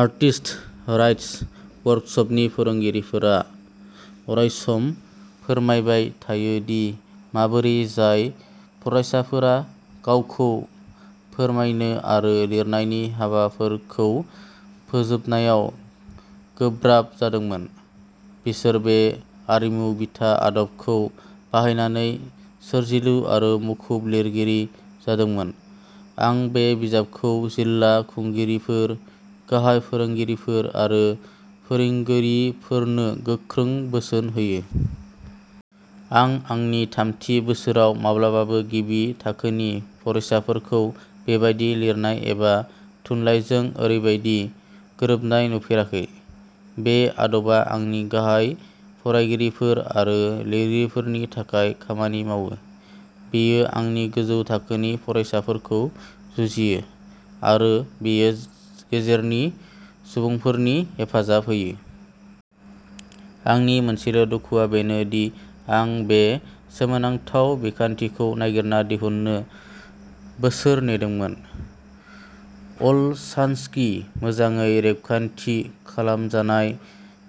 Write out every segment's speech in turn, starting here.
आर्टिस्ट्स/राइटर्स वर्कसपनि फोरोंगिरिफोरा अरायसम फोरमायबाय थायो दि माबोरै जाय फरायसाफोरा गावखौ फोरमायनो आरो लिरनायनि हाबाफोरखौ फोजोबनायाव गोब्राब जादोंमोन, बिसोर बे आरिमु-बिथा आदबखौ बाहायनानै सोरजिलु आरो मुखुब लिरगिरि जादोंमोन। आं बे बिजाबखौ जिल्ला खुंगिरिफोर, गाहाय फोरोंगिरिफोर आरो फोरोंगिरिफोरनो गोख्रोङै बोसोन होयो। आं आंनि थामजि बोसोराव माब्लाबाबो गिबि थाखोनि फरायसाफोरखौ बेबादि लिरनाय एबा थुनलाइजों ओरैबादि गोरोबनाय नुफेराखै। बे आदबा आंनि गाहाय फरायगिरिफोर आरो लिरगिरिफोरनि थाखाय खामानि मावो; बेयो आंनि गोजौ थाखोनि फरायसाफोरखौ जुजियो; आरो बेयो गेजेरनि सुबुंफोरखौ हेफाजाब होयो। आंनि मोनसेल'दुखुआ बेनो दि आं बे सोमोनांथाव बिखान्थिखौ नागिरना दिहुननो बोसोर नेदोंमोन! अलशानस्किनि मोजाङै रेबगान्थि खालामजानाय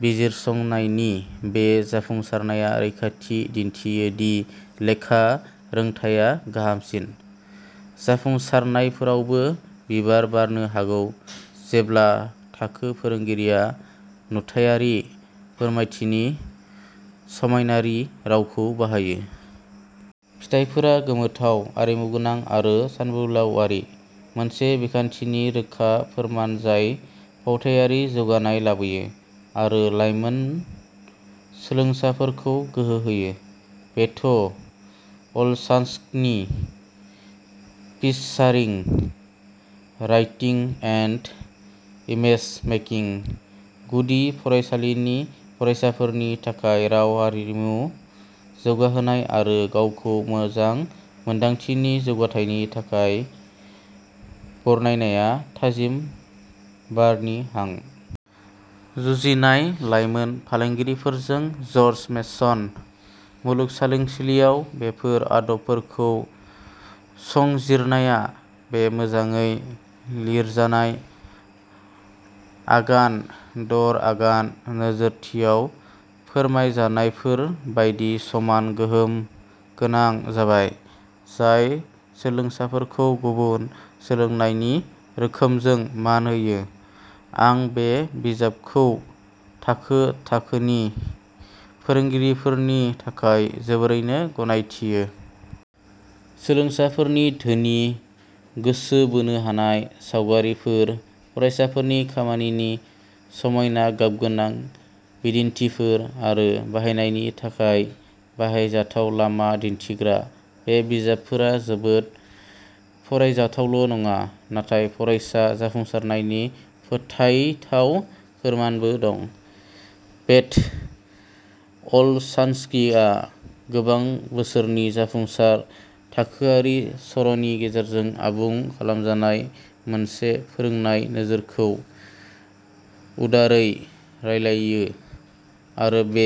बिजिरसंनायनि बे जाफुंसारनाया रोखायै दिन्थियो दि लेखा रोंथाया-गाहायसिन जाफुंसारनायफोरावबो-बिबार बारनो हागौ जेब्ला थाखो फोरोंगिरिया नुथायारि फोरमायथिनि समानारि रावखौबो बाहायो। फिथायफोरा गोमोथाव, आरिमुगोनां, आरो सानबोलावरि; मोनसे बिखान्थिनि रोखा फोरमान जाय फावथायारि जौगानाय लाबोयो आरो लाइमोन सोलोंसाफोरखौ गोहो होयो! बेथ अलशानस्किनि पिकचारिं राइटिं एन्ड इमेज-मेकिं। गुदि फरायसालिनि फरायसाफोरनि थाखाय राव आरिमुखौ जौगाहोनाय आरो गावखौ मोजां मोन्दांथिनि जौगाथायनि थाखाय बरनायनाया थाजिम बारनि हां। जुजिनाय लाइमोन फरायसंगिरिफोरजों जर्ज मेसन मुलुगसोलोंसालियाव बेफोर आदबफोरखौ संजिरनाया बे मोजाङै लिरजानाय, आगान-दर-आगान नोजोरथियाव फोरमायजानायफोर बायदि समान गोहोम गोनां जाबाय, जाय सोलोंसाफोरखौ गुबुन सोलोंनायनि रोखोमफोरजों मान होयो। आं बे बिजाबखौ थाखो थाखोनि फोरोंगिरिफोरनि थाखाय जोबोरैनो गनायथियो। सोलोंसाफोरनि धोनि, गोसो बोनो हानाय सावगारिफोर, फरायसाफोरनि खामानिनि समायना गाबगोनां बिदिन्थिफोर, आरो बाहायनायनि थाखाय बाहायजाथाव लामा दिन्थिग्रा, बे बिजाबफोरा जोबोद फरायजाथावल'नङा, नाथाय फरायसा जाफुंसारनायनि फोथायथाव फोरमानबो दं। बेथ अलशानस्किआ गोबां बोसोरनि जाफुंसार थाखोआरि सर'नि गेजेरजों आबुं खालामजानाय मोनसे फोरोंनाय नोजोरखौ उदारै रानलायो, आरो बे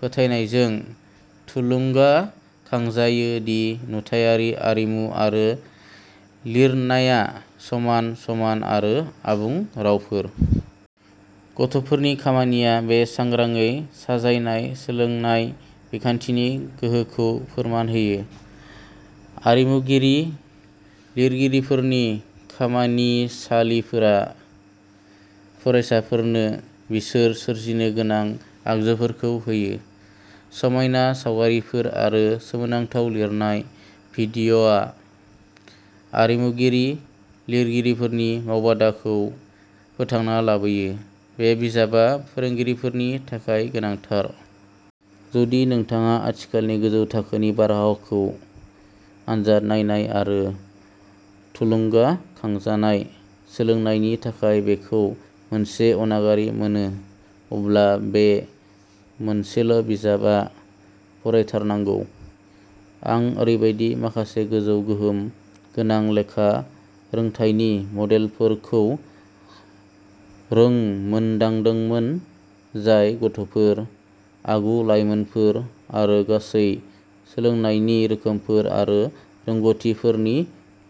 फोथायनायजों थुलुंगाखांजायो दि नुथायारि आरिमु आरो लिरनाया'समान, समान आरो आबुं रावफोर'। गथ'फोरनि खामानिया बे सांग्राङै साजायनाय सोलोंनाय बिखान्थिनि गोहोखौ फोरमान होयो। आरिमुगिरि िरगिरिफोरनि खामानिसालिफोरा फरायसाफोरनो बिसोर सोरजिनो गोनां आगजुफोरखौ होयो। समायना सावगारिफोर आरो सोमोनांथाव लिरनाय। डिभिडिया आरिमुगिरि िरगिरिफोरनि मावबादाखौ फोथांना लाबोयो! बे बिजाबआ फोरोंगिरिफोरनि थाखाय गोनांथार। जुदि नोंथाङा आथिखालनि गोजौ थाखोनि बारहावाखौ आनजाद नायनाय आरो थुलुंगाखांजानाय सोलोंनायनि थाखाय बेखौ मोनसे अनागारि मोनो, अब्ला बे मोनसेल'बिजाबआ "फरायथारनांगौ! " आं ओरैबायदि माखासे गोजौ गोहोम गोनां लेखा रोंथायनि मडेलफोरखौ रोंमोनदांदोंमोन, जाय गथ'फोर, आगु-लाइमोनफोर आरो गासै सोलोंनायनि रोखोमफोर आरो रोंग'थिफोरनि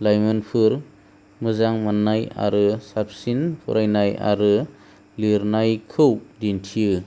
लायमोनफोर, मोजां मोननाय आरो साबसिन फरायनाय आरो लिरनायखौ दिन्थियो।